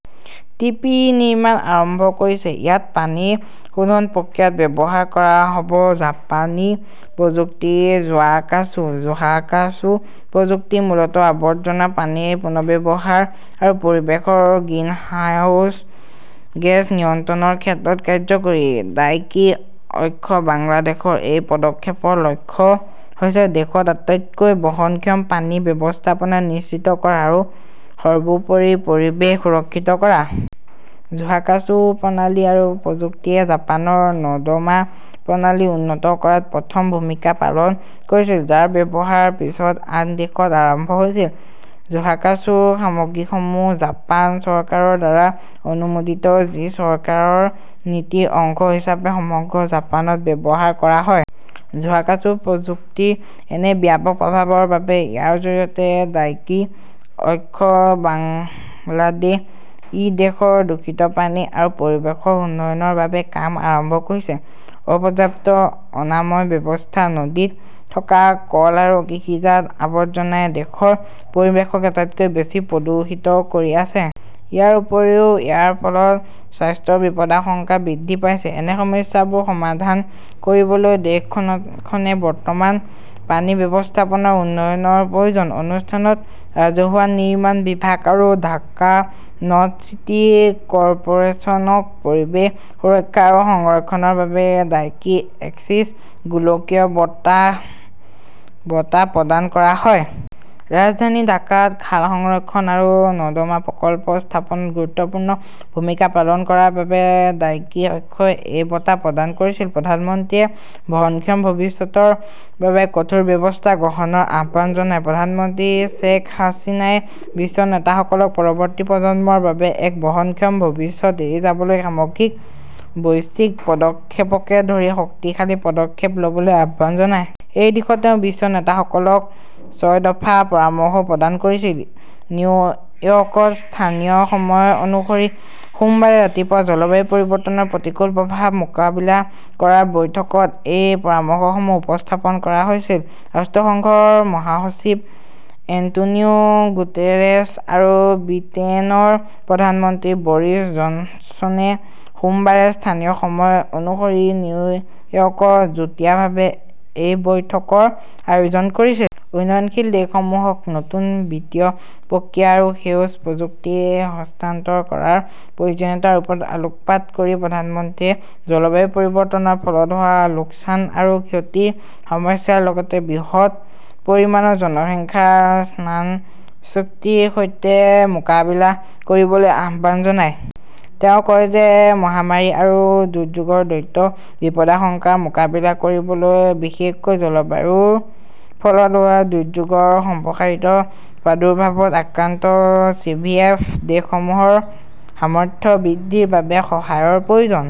T. P. নিৰ্মাণ আৰম্ভ কৰিছে। ইয়াত পানী শোধন প্ৰক্ৰিয়াত ব্যৱহাৰ কৰা হ 'ব জাপানী প্ৰযুক্তি-জোহাকাচু। জোহাকাচু প্ৰযুক্তি মূলতঃ আৱৰ্জনা পানীৰ পুনৰ্ব্যৱহাৰ আৰু পৰিৱেশৰ গ্ৰিনহাউজ গেছ নিয়ন্ত্ৰণৰ ক্ষেত্ৰত কাৰ্যকৰী। ডাইকি অক্ষ বাংলাদেশৰ এই পদক্ষেপৰ লক্ষ্য হৈছে দেশত আটাইতকৈ বহনক্ষম পানী ব্যৱস্থাপনা নিশ্চিত কৰা আৰু সৰ্বোপৰি পৰিৱেশ সুৰক্ষিত কৰা। জোহাকাচু প্ৰণালী আৰু প্ৰযুক্তিয়ে জাপানৰ নৰ্দমা প্ৰণালী উন্নত কৰাত প্ৰথম ভূমিকা পালন কৰিছিল। যাৰ ব্যৱহাৰ পিছত আন দেশত আৰম্ভ হৈছিল। জোহাকাছুৰ সামগ্ৰীসমূহ জাপান চৰকাৰৰ দ্বাৰা অনুমোদিত যি চৰকাৰৰ নীতিৰ অংশ হিচাপে সমগ্ৰ জাপানত ব্যৱহাৰ কৰা হয়। জোহাকাচু প্ৰযুক্তিৰ এনে ব্যাপক প্ৰভাৱৰ বাবে ইয়াৰ জৰিয়তে 'ডাইকি অক্ষ বাংলাদেশ' ই দেশৰ দূষিত পানী আৰু পৰিৱেশৰ উন্নয়নৰ বাবে কাম আৰম্ভ কৰিছে। অপৰ্যাপ্ত অনাময় ব্যৱস্থা, নদীত থকা কল আৰু কৃষিজাত আৱৰ্জনাই দেশৰ পৰিৱেশক আটাইতকৈ বেছি প্ৰদূষিত কৰি আছে। ইয়াৰ উপৰিও ইয়াৰ ফলত স্বাস্থ্যৰ বিপদাশংকা বৃদ্ধি পাইছে। এনে সমস্যাবোৰ সমাধান কৰিবলৈ দেশখনে বৰ্তমান পানী ব্যৱস্থাপনাৰ উন্নয়নৰ প্ৰয়োজন। অনুষ্ঠানত ৰাজহুৱা নিৰ্মাণ বিভাগ আৰু ঢাকা নৰ্থ চিটি কৰ্পোৰেচন ক 'পৰিৱেশ সুৰক্ষা আৰু সংৰক্ষণৰ বাবে ডাইকি এক্সিছ গোলকীয় বঁটা ' বঁটা প্ৰদান কৰা হয়। ৰাজধানী ঢাকাত খাল সংৰক্ষণ আৰু নৰ্দমা প্ৰকল্প স্থাপনত গুৰুত্বপূৰ্ণ ভূমিকা পালন কৰাৰ বাবে ডাইকি অক্ষই এই বঁটা প্ৰদান কৰিছিল। প্ৰধানমন্ত্ৰীয়ে বহনক্ষম ভৱিষ্যতৰ বাবে কঠোৰ ব্যৱস্থা গ্ৰহণৰ আহ্বান জনায়। প্ৰধানমন্ত্ৰী শ্বেইখ হাছিনাই বিশ্ব নেতাসকলক পৰৱৰ্তী প্ৰজন্মৰ বাবে এক বহনক্ষম ভৱিষ্যত এৰি যাবলৈ 'সামগ্ৰিক বৈশ্বিক' পদক্ষেপকে ধৰি শক্তিশালী পদক্ষেপ ল'বলৈ আহ্বান জনায়। এই দিশত তেওঁ বিশ্ব নেতাসকলক ছয় দফা পৰামৰ্শও প্ৰদান কৰিছিল। নিউয়ৰ্কত স্থানীয় সময় অনুসৰি সোমবাৰে ৰাতিপুৱা জলবায়ু পৰিৱৰ্তনৰ প্ৰতিকূল প্ৰভাৱ মোকাবিলা কৰাৰ বৈঠকত এই পৰামৰ্শসমূহ উপস্থাপন কৰা হৈছিল। ৰাষ্ট্ৰসংঘৰ মহাসচিব এন্টোনিও গুটেৰেছ আৰু ব্ৰিটেইনৰ প্ৰধানমন্ত্ৰী বৰিছ জনছনে সোমবাৰে স্থানীয় সময় অনুসৰি নিউয়ৰ্কত যুটীয়াভাৱে এই বৈঠকৰ আয়োজন কৰিছিল। উন্নয়নশীল দেশসমূহক নতুন বিত্তীয় প্ৰক্ৰিয়া আৰু সেউজ প্ৰযুক্তি হস্তান্তৰ কৰাৰ প্ৰয়োজনীয়তাৰ ওপৰত আলোকপাত কৰি প্ৰধানমন্ত্ৰীয়ে জলবায়ু পৰিৱৰ্তনৰ ফলত হোৱা লোকচান আৰু ক্ষতিৰ সমস্যাৰ লগতে বৃহৎ পৰিমাণৰ জনসংখ্যাৰ স্থানচ্যুতিৰ সৈতে মোকাবিলা কৰিবলৈ আহ্বান জনায়। তেওঁ কয় যে মহামাৰী আৰু দুৰ্যোগৰ দ্বৈত বিপদাশংকাৰ মোকাবিলা কৰিবলৈ বিশেষকৈ জলবায়ুৰ ফলত হোৱা দুৰ্যোগৰ সম্প্ৰসাৰিত প্ৰাদুৰ্ভাৱত আক্ৰান্ত চিভিএফ দেশসমূহৰ সামৰ্থ্য বৃদ্ধিৰ বাবে সহায়ৰ প্ৰয়োজন।